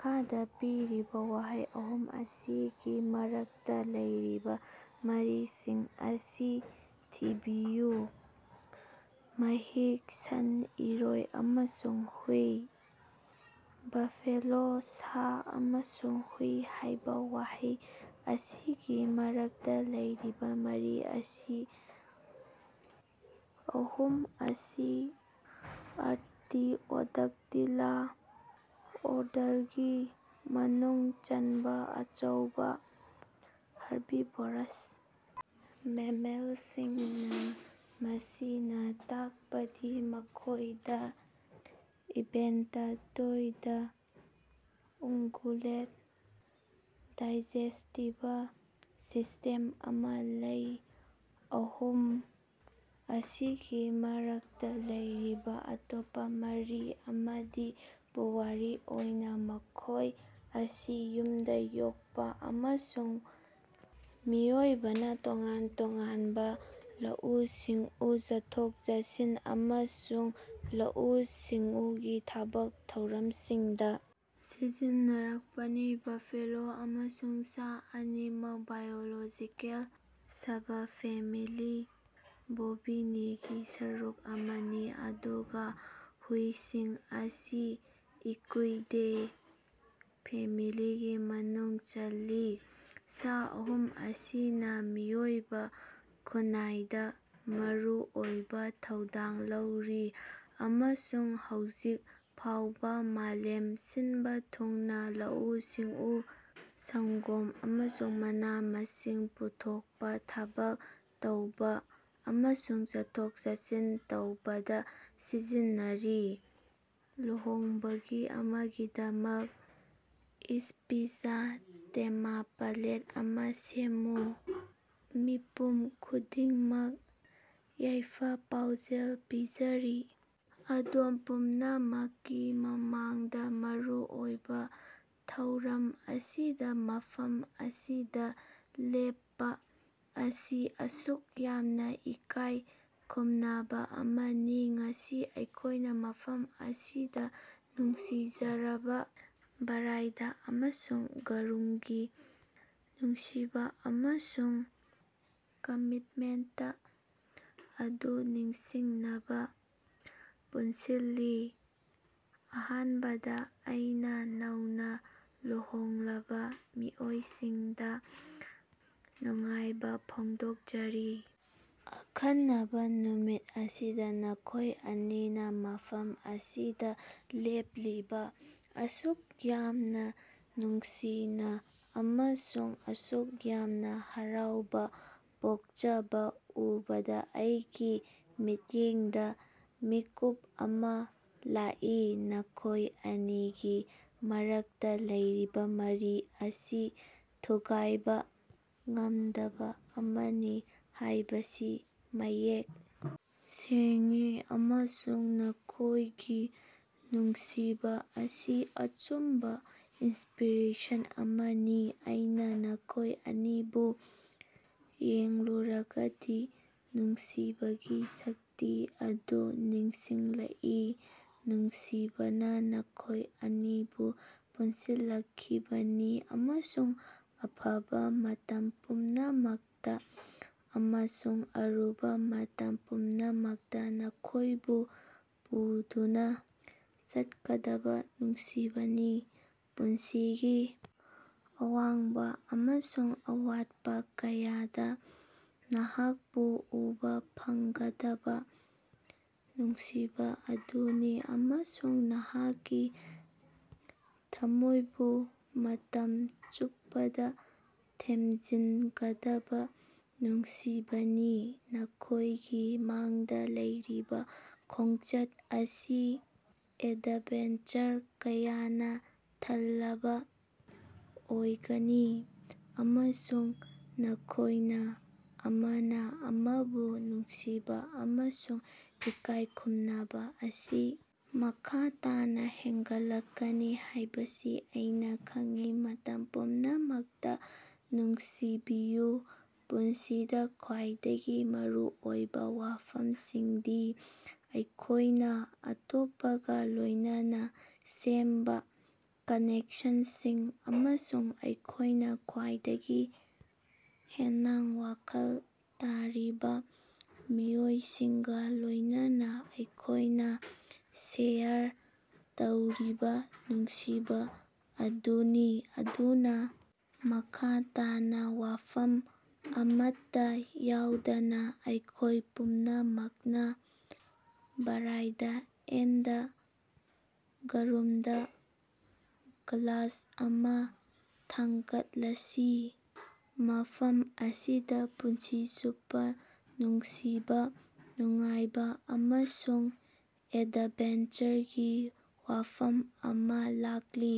ꯃꯈꯥꯗ ꯄꯤꯔꯤꯕ ꯋꯥꯍꯩ ꯑꯍꯨꯝ ꯑꯁꯤꯒꯤ ꯃꯔꯛꯇ ꯂꯩꯔꯤꯕ ꯃꯔꯤꯁꯤꯡ ꯑꯁꯤ ꯊꯤꯕꯤꯌꯨ: ꯃꯍꯤꯛ, ꯁꯟ-ꯏꯔꯣꯏ ꯑꯃꯁꯨꯡ ꯍꯨꯏ꯫ ꯕꯐꯦꯂꯣ, ꯁꯥ ꯑꯃꯁꯨꯡ ꯍꯨꯏ ꯍꯥꯏꯕ ꯋꯥꯍꯩ ꯑꯁꯤꯒꯤ ꯃꯔꯛꯇ ꯂꯩꯔꯤꯕ ꯃꯔꯤ ꯑꯁꯤ ꯑꯍꯨꯝ ꯑꯁꯤ ꯑꯥꯔꯇꯤꯑꯣꯗꯥꯛꯇꯤꯂꯥ ꯑꯣꯔꯗꯔꯒꯤ ꯃꯅꯨꯡ ꯆꯟꯕ ꯑꯆꯧꯕ ꯍꯥꯔꯕꯤꯕꯣꯔꯁ ꯃꯦꯃꯦꯜꯁꯤꯡꯅ, ꯃꯁꯤꯅ ꯇꯥꯛꯄꯗꯤ ꯃꯈꯣꯏꯗ ꯏꯚꯦꯟꯇ-ꯇꯣꯏꯗ ꯎꯡꯒꯨꯂꯦꯠ ꯗꯥꯏꯖꯦꯁ꯭ꯇꯤꯕ ꯁꯤꯁ꯭ꯇꯦꯝ ꯑꯃꯥ ꯂꯩ꯫ ꯑꯍꯨꯝ ꯑꯁꯤꯒꯤ ꯃꯔꯛꯇ ꯂꯩꯔꯤꯕ ꯑꯇꯣꯞꯄ ꯃꯔꯤ ꯑꯃꯗꯤ ꯄꯨꯋꯥꯔꯤ ꯑꯣꯏꯅ ꯃꯈꯣꯏ ꯑꯁꯤ ꯌꯨꯝꯗ ꯌꯣꯛꯄ ꯑꯃꯁꯨꯡ ꯃꯤꯑꯣꯏꯕꯅ ꯇꯣꯉꯥꯟ ꯇꯣꯉꯥꯟꯕ ꯂꯧꯎ-ꯁꯤꯡꯎ, ꯆꯠꯊꯣꯛ-ꯆꯠꯁꯤꯟ ꯑꯃꯁꯨꯡ ꯂꯧꯎ-ꯁꯤꯡꯎꯒꯤ ꯊꯕꯛ ꯊꯧꯔꯝꯁꯤꯡꯗ ꯁꯤꯖꯤꯟꯅꯔꯛꯄꯅꯤ꯫ ꯕꯐꯦꯂꯣ ꯑꯃꯁꯨꯡ ꯁꯥ ꯑꯅꯤꯃꯛ ꯕꯥꯏꯑꯣꯂꯣꯖꯤꯀꯦꯜ ꯁꯕꯐꯦꯃꯤꯂꯤ ꯕꯣꯚꯤꯅꯦꯒꯤ ꯁꯔꯨꯛ ꯑꯃꯅꯤ, ꯑꯗꯨꯒ ꯍꯨꯏꯁꯤꯡ ꯑꯁꯤ ꯏꯀꯨꯏꯗꯦ ꯐꯦꯃꯤꯂꯤꯒꯤ ꯃꯅꯨꯡ ꯆꯜꯂꯤ꯫ ꯁꯥ ꯑꯍꯨꯝ ꯑꯁꯤꯅ ꯃꯤꯑꯣꯏꯕ ꯈꯨꯟꯅꯥꯏꯗ ꯃꯔꯨꯑꯣꯏꯕ ꯊꯧꯗꯥꯡ ꯂꯧꯔꯤ ꯑꯃꯁꯨꯡ ꯍꯧꯖꯤꯛ ꯐꯥꯎꯕ ꯃꯥꯂꯦꯝ ꯁꯤꯟꯕ ꯊꯨꯡꯅ ꯂꯧꯎ-ꯁꯤꯡꯎ, ꯁꯪꯒꯣꯝ ꯑꯃꯁꯨꯡ ꯃꯅꯥ-ꯃꯁꯤꯡ ꯄꯨꯊꯣꯛꯄ, ꯊꯕꯛ ꯇꯧꯕ, ꯑꯃꯁꯨꯡ ꯆꯠꯊꯣꯛ-ꯆꯠꯁꯤꯟ ꯇꯧꯕꯗ ꯁꯤꯖꯤꯟꯅꯔꯤ꯫ ꯂꯨꯍꯣꯡꯕꯒꯤ ꯑꯃꯒꯤꯗꯃꯛ ꯁ꯭ꯄꯤꯆ ꯇꯦꯃꯄ꯭ꯂꯦꯠ ꯑꯃ ꯁꯦꯝꯃꯨ꯫ ꯃꯤꯄꯨꯝ ꯈꯨꯗꯤꯡꯃꯛ ꯌꯥꯏꯐ-ꯄꯥꯎꯖꯦꯜ ꯄꯤꯖꯔꯤ! ꯑꯗꯣꯝ ꯄꯨꯝꯅꯃꯛꯀꯤ ꯃꯃꯥꯡꯗ, ꯃꯔꯨꯑꯣꯏꯕ ꯊꯧꯔꯝ ꯑꯁꯤꯗ ꯃꯐꯝ ꯑꯁꯤꯗ ꯂꯦꯞꯄ ꯑꯁꯤ ꯑꯁꯨꯛ ꯌꯥꯝꯅ ꯏꯀꯥꯏ ꯈꯨꯝꯅꯕ ꯑꯃꯅꯤ꯫ ꯉꯁꯤ ꯑꯩꯈꯣꯏꯅ ꯃꯐꯝ ꯑꯁꯤꯗ ꯅꯨꯡꯁꯤꯖꯔꯕ ꯕ꯭ꯔꯥꯏꯗ ꯑꯃꯁꯨꯡ ꯒ꯭ꯔꯨꯝ ꯒꯤ ꯅꯨꯡꯁꯤꯕ ꯑꯃꯁꯨꯡ ꯀꯃꯤꯠꯃꯦꯟꯇ ꯑꯗꯨ ꯅꯤꯡꯁꯤꯡꯅꯕ ꯄꯨꯟꯁꯤꯜꯂꯤ꯫ ꯑꯍꯥꯟꯕꯗ, ꯑꯩꯅ ꯅꯧꯅ ꯂꯨꯍꯣꯡꯂꯕ ꯃꯤꯑꯣꯏꯁꯤꯡꯗ ꯅꯨꯡꯉꯥꯏꯕ ꯐꯣꯡꯗꯣꯛꯆꯔꯤ! ꯑꯈꯟꯅꯕ ꯅꯨꯃꯤꯠ ꯑꯁꯤꯗ ꯅꯈꯣꯏ ꯑꯅꯤꯅ ꯃꯐꯝ ꯑꯁꯤꯗ ꯂꯦꯞꯂꯤꯕ, ꯑꯁꯨꯛ ꯌꯥꯝꯅ ꯅꯨꯡꯁꯤꯅ ꯑꯃꯁꯨꯡ ꯑꯁꯨꯛ ꯌꯥꯝꯅ ꯍꯔꯥꯎꯕ ꯄꯣꯛꯆꯕ ꯎꯕꯗ ꯑꯩꯒꯤ ꯃꯤꯠꯌꯦꯡꯗ ꯃꯤꯠꯀꯨꯞ ꯑꯃ ꯂꯥꯛꯏ꯫ ꯅꯈꯣꯏ ꯑꯅꯤꯒꯤ ꯃꯔꯛꯇ ꯂꯩꯔꯤꯕ ꯃꯔꯤ ꯑꯁꯤ ꯊꯨꯒꯥꯏꯕ ꯉꯝꯗꯕ ꯑꯃꯅꯤ ꯍꯥꯏꯕꯁꯤ ꯃꯌꯦꯛ ꯁꯦꯡꯏ, ꯑꯃꯁꯨꯡ ꯅꯈꯣꯏꯒꯤ ꯅꯨꯡꯁꯤꯕ ꯑꯁꯤ ꯑꯆꯨꯝꯕ ꯏꯟꯁꯄꯤꯔꯦꯁꯟ ꯑꯃꯅꯤ꯫ ꯑꯩꯅ ꯅꯈꯣꯏ ꯑꯅꯤꯕꯨ ꯌꯦꯡꯂꯨꯔꯒꯗꯤ ꯅꯨꯡꯁꯤꯕꯒꯤ ꯁꯛꯇꯤ ꯑꯗꯨ ꯅꯤꯡꯁꯤꯡꯂꯛꯏ꯫ ꯅꯨꯡꯁꯤꯕꯅ ꯅꯈꯣꯏ ꯑꯅꯤꯕꯨ ꯄꯨꯟꯁꯤꯜꯂꯛꯈꯤꯕꯅꯤ, ꯑꯃꯁꯨꯡ ꯑꯐꯕ ꯃꯇꯝ ꯄꯨꯝꯅꯃꯛꯇ, ꯑꯃꯁꯨꯡ ꯑꯔꯨꯕ ꯃꯇꯝ ꯄꯨꯝꯅꯃꯛꯇ ꯅꯈꯣꯏꯕꯨ ꯄꯨꯗꯨꯅ ꯆꯠꯀꯗꯕ ꯅꯨꯡꯁꯤꯕꯅꯤ꯫ ꯄꯨꯟꯁꯤꯒꯤ ꯑꯋꯥꯡꯕ ꯑꯃꯁꯨꯡ ꯑꯋꯥꯠꯄ ꯀꯌꯥꯗ ꯅꯍꯥꯛꯄꯨ ꯎꯕ ꯐꯪꯒꯗꯕ ꯅꯨꯡꯁꯤꯕ ꯑꯗꯨꯅꯤ, ꯑꯃꯁꯨꯡ ꯅꯍꯥꯛꯀꯤ ꯊꯝꯃꯣꯏꯕꯨ ꯃꯇꯝ ꯆꯨꯞꯄꯗ ꯊꯝꯖꯤꯟꯒꯗꯕ ꯅꯨꯡꯁꯤꯕꯅꯤ꯫ ꯅꯈꯣꯏꯒꯤ ꯃꯥꯡꯗ ꯂꯩꯔꯤꯕ ꯈꯣꯡꯆꯠ ꯑꯁꯤ ꯑꯦꯗꯚꯦꯟꯆꯔ ꯀꯌꯥꯅ ꯊꯜꯂꯕ ꯑꯣꯏꯒꯅꯤ, ꯑꯃꯁꯨꯡ ꯅꯈꯣꯏꯅ ꯑꯃꯅ ꯑꯃꯕꯨ ꯅꯨꯡꯁꯤꯕ ꯑꯃꯁꯨꯡ ꯏꯀꯥꯏꯈꯨꯝꯅꯕ ꯑꯁꯤ ꯃꯈꯥ ꯇꯥꯅ ꯍꯦꯟꯒꯠꯂꯛꯀꯅꯤ ꯍꯥꯏꯕꯁꯤ ꯑꯩꯅ ꯈꯪꯏ꯫ ꯃꯇꯝ ꯄꯨꯝꯅꯃꯛꯇ ꯅꯤꯡꯁꯤꯡꯕꯤꯌꯨ ꯄꯨꯟꯁꯤꯗ ꯈ꯭ꯋꯥꯏꯗꯒꯤ ꯃꯔꯨ ꯑꯣꯏꯕ ꯋꯥꯐꯝꯁꯤꯡꯗꯤ ꯑꯩꯈꯣꯏꯅ ꯑꯇꯣꯞꯄꯒ ꯂꯣꯏꯅꯅ ꯁꯦꯝꯕ ꯀꯅꯦꯛꯁꯟꯁꯤꯡ, ꯑꯃꯁꯨꯡ ꯑꯩꯈꯣꯏꯅ ꯈ꯭ꯕꯥꯏꯗꯒꯤ ꯍꯦꯟꯅꯥꯡ ꯋꯥꯈꯜ ꯇꯥꯔꯤꯕ ꯃꯤꯑꯣꯏꯁꯤꯡꯒ ꯂꯣꯏꯅꯅ ꯑꯩꯈꯣꯏꯅ ꯁꯦꯌꯔ ꯇꯧꯔꯤꯕ ꯅꯨꯡꯁꯤꯕ ꯑꯗꯨꯅꯤ꯫ ꯑꯗꯨꯅ, ꯃꯈꯥ ꯇꯥꯅ ꯋꯥꯐꯝ ꯑꯃꯠꯇ ꯌꯥꯎꯗꯅ ꯑꯩꯈꯣꯏ ꯄꯨꯝꯅꯃꯛꯅ ꯕ꯭ꯔꯥꯏꯗ ꯑꯦꯟꯗ ꯒ꯭ꯔꯨꯝ ꯗ ꯒ꯭ꯂꯥꯁ ꯑꯃ ꯊꯥꯡꯒꯠꯂꯁꯤ꯫ ꯃꯐꯝ ꯑꯁꯤꯗ ꯄꯨꯟꯁꯤ ꯆꯨꯞꯄ ꯅꯨꯡꯁꯤꯕ, ꯅꯨꯡꯉꯥꯏꯕ ꯑꯃꯁꯨꯡ ꯑꯦꯗꯚꯦꯟꯆꯔꯒꯤ ꯋꯥꯐꯝ ꯑꯃ ꯂꯥꯛꯂꯤ꯫